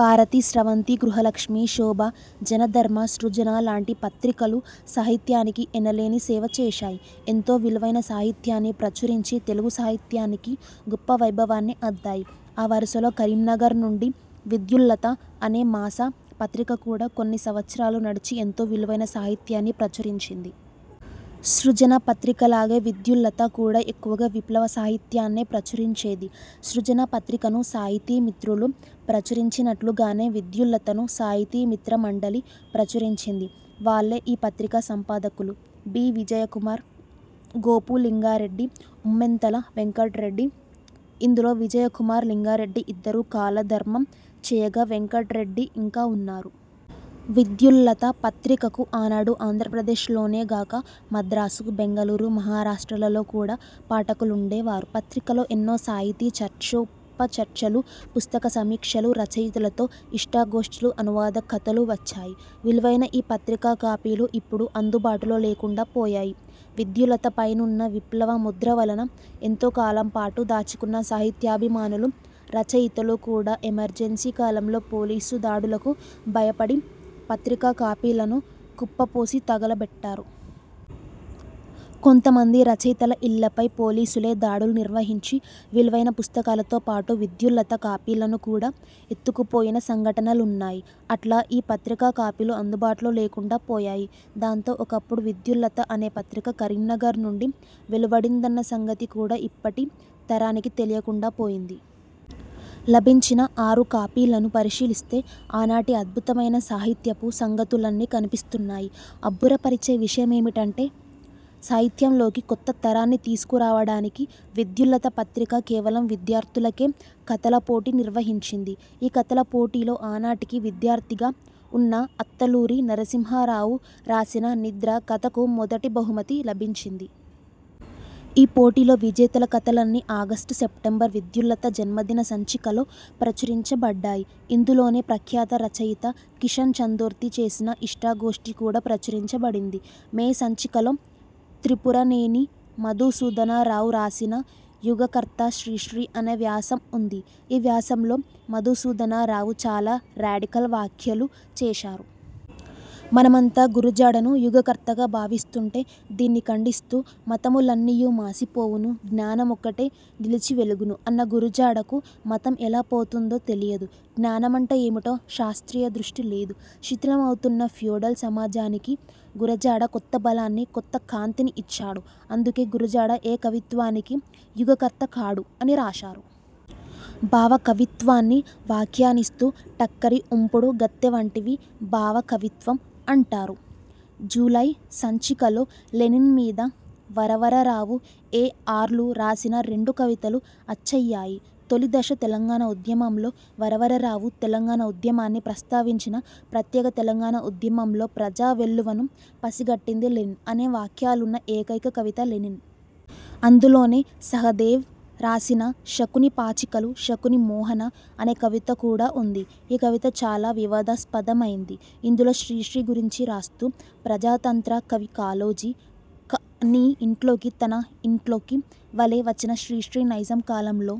భారతి, స్రవంతి, గృహలక్ష్మి, శోభ, జనధర్మ, సృజన లాంటి పత్రికలు సాహిత్యానికి ఎనలేని సేవచేశాయి. ఎంతో విలువైన సాహిత్యాన్ని ప్రచురించి తెలుగు సాహిత్యానికి గొప్ప వైభవాన్ని అద్దాయి. ఆ వరుసలో కరీంనగర్ నుండి 'విద్యుల్లత' అనే మాస పత్రిక కూడా కొన్ని సంవత్సరాలు నడిచి ఎంతో విలువైన సాహిత్యాన్ని ప్రచురించింది. సృజన పత్రికలాగే విద్యుల్లత కూడా ఎక్కువగా విప్లవ సాహిత్యాన్నే ప్రచురించేది. సృజన పత్రికను 'సాహితీ మిత్రులు' ప్రచురించినట్లుగానే విద్యుల్లతను 'సాహితీ మిత్ర మండలి' ప్రచురిం చింది. వాళ్లే ఈ పత్రిక సంపాదకులు: బి. విజయకుమార్, గోపు లింగా రెడ్డి, ఉమ్మెంతల వెంకట్రెడ్డి. ఇందులో విజయకుమార్, లింగారెడ్డి ఇద్దరూ కాలధర్మం చేయగా, వెంకట్రెడ్డి ఇంకా ఉన్నారు. విద్యుల్లత పత్రికకు ఆనాడు ఆంధ్రప్రదేశ్లోనే గాక మద్రాసు, బెంగుళూరు, మహారాష్ట్రలలో కూడా పాఠకులుండేవారు. పత్రికలో ఎన్నో సాహితీ చర్చోపచర్చలు, పుస్తకసమీక్షలు, రచయితలతో ఇష్టాగోష్ఠులు, అనువాద కథలూ వచ్చాయి. విలువైన ఈ పత్రిక కాపీలు ఇప్పుడు అందు బాటులో లేకుండా పోయాయి. విద్యుల్లతపైనున్న విప్లవ ముద్ర వలన ఎంతో కాలంపాటు దాచుకున్న సాహిత్యాభిమానులు, రచయితలు కూడా ఎమర్జెన్సీ కాలంలో పోలీసు దాడులకు భయపడి పత్రిక కాపీలను కుప్పపోసి తగలబెట్టారు. కొంతమంది రచయితల ఇళ్లపై పోలీసులే దాడులు నిర్వహించి విలువైన పుస్తకాలతోపాటు విద్యుల్లత కాపీలను కూడా ఎత్తుకుపో యిన సంఘటనలున్నాయి. అట్లా ఈ పత్రిక కాపీలు అందుబాటులో లేకుండా పోయాయి. దాంతో ఒకప్పుడు విద్యుల్లత అనే పత్రిక కరీంనగర్ నుండి వెలువడిందన్న సంగతి కూడా ఇప్పటి తరానికి తెలియకుండా పోయింది. లభించిన ఆరు కాపీలను పరిశీలిస్తే ఆనాటి అద్భుతమైన సాహిత్యపు సంగతులన్నీ కనిపిస్తున్నాయి. అబ్బురపరిచే విషయమేంటంటే సాహిత్యంలోకి కొత్త తరాన్ని తీసుకురావడానికి విద్యుల్లత పత్రిక కేవలం విద్యార్థులకే కథల పోటీ నిర్వహించింది. ఈ కథల పోటీలో ఆనాటికి విద్యార్థిగా ఉన్న అత్తలూరి నరసింహారావు రాసిన 'నిద్ర' కథకు మొదటి బహుమతి లభించింది. ఈ పోటీలో విజేతల కథలన్నీ ఆగష్టు-సెప్టెంబర్ విద్యుల్లత జన్మదిన సంచికలో ప్రచురించబడ్డాయి. ఇందులోనే ప్రఖ్యాత రచయిత కిషన్ చందర్తో చేసిన ఇష్టాగోష్ఠి కూడా ప్రచురించబడింది. మే సంచికలో త్రిపురనేని మధుసూధన రావు రాసిన 'యుగకర్త శ్రీశ్రీ' అనే వ్యాసం ఉంది. ఈ వ్యాసంలో మధుసూదన రావు చాలా రాడికల్ వ్యాఖ్యలు చేశారు. మనమంతా గురజాడను యుగకర్తగా భావిస్తుంటే దీన్ని ఖండిస్తూ '' 'మతములన్నియు మాసిపోవును, జ్ఞానమొక్కటె నిలిచి వెలుగును' అన్న గురజాడకు మతం ఎలా పోతుందో తెలియదు. జ్ఞానమంటే ఏమిటో శాస్త్రీయదృష్టి లేదు. శిథిలమవుతున్న ఫ్యూడల్ సమాజానికి గురజాడ కొత్తబలాన్ని, కొత్త కాంతిని ఇచ్చాడు. అందుకే గురజాడ ఏ కవిత్వానికి యుగకర్త కాడు'' అని రాశారు. భావ కవిత్వాన్ని వ్యాఖ్యానిస్తూ ''టక్కరి ఉంపుడు గత్తె వంటిది భావకవిత్వం'' అంటారు. జూలై సంచికలో లెనిన్ మీద వరవరరావు, ఏ. ఆర్లు రాసిన రెండు కవితలు అచ్చయ్యాయి. తొలిదశ తెలంగాణ ఉద్యమంలో వరవరరావు తెలంగాణ ఉద్యమాన్ని ప్రస్తావించిన 'ప్రత్యేక తెలంగాణ ఉద్యమంలో/ ప్రజా వెల్లువను పసిగట్టింది లెనిన్' అనే వాక్యాలున్న ఏకైక కవిత 'లెనిన్'. అందులోనే సహదేవ్ రాసిన 'శకుని పాచికలు శకుని మొహాన' అనే కవిత కూడా ఉంది. ఈ కవిత చాలా వివాదాస్పదమైంది. ఇందులో శ్రీశ్రీ గురించి రాస్తూ ''ప్రజాతంత్ర కవి కాళోజీ, నీ ఇంట్లోకి తన ఇంట్లోకి వలె వచ్చిన శ్రీశ్రీ నైజాం కాలంలో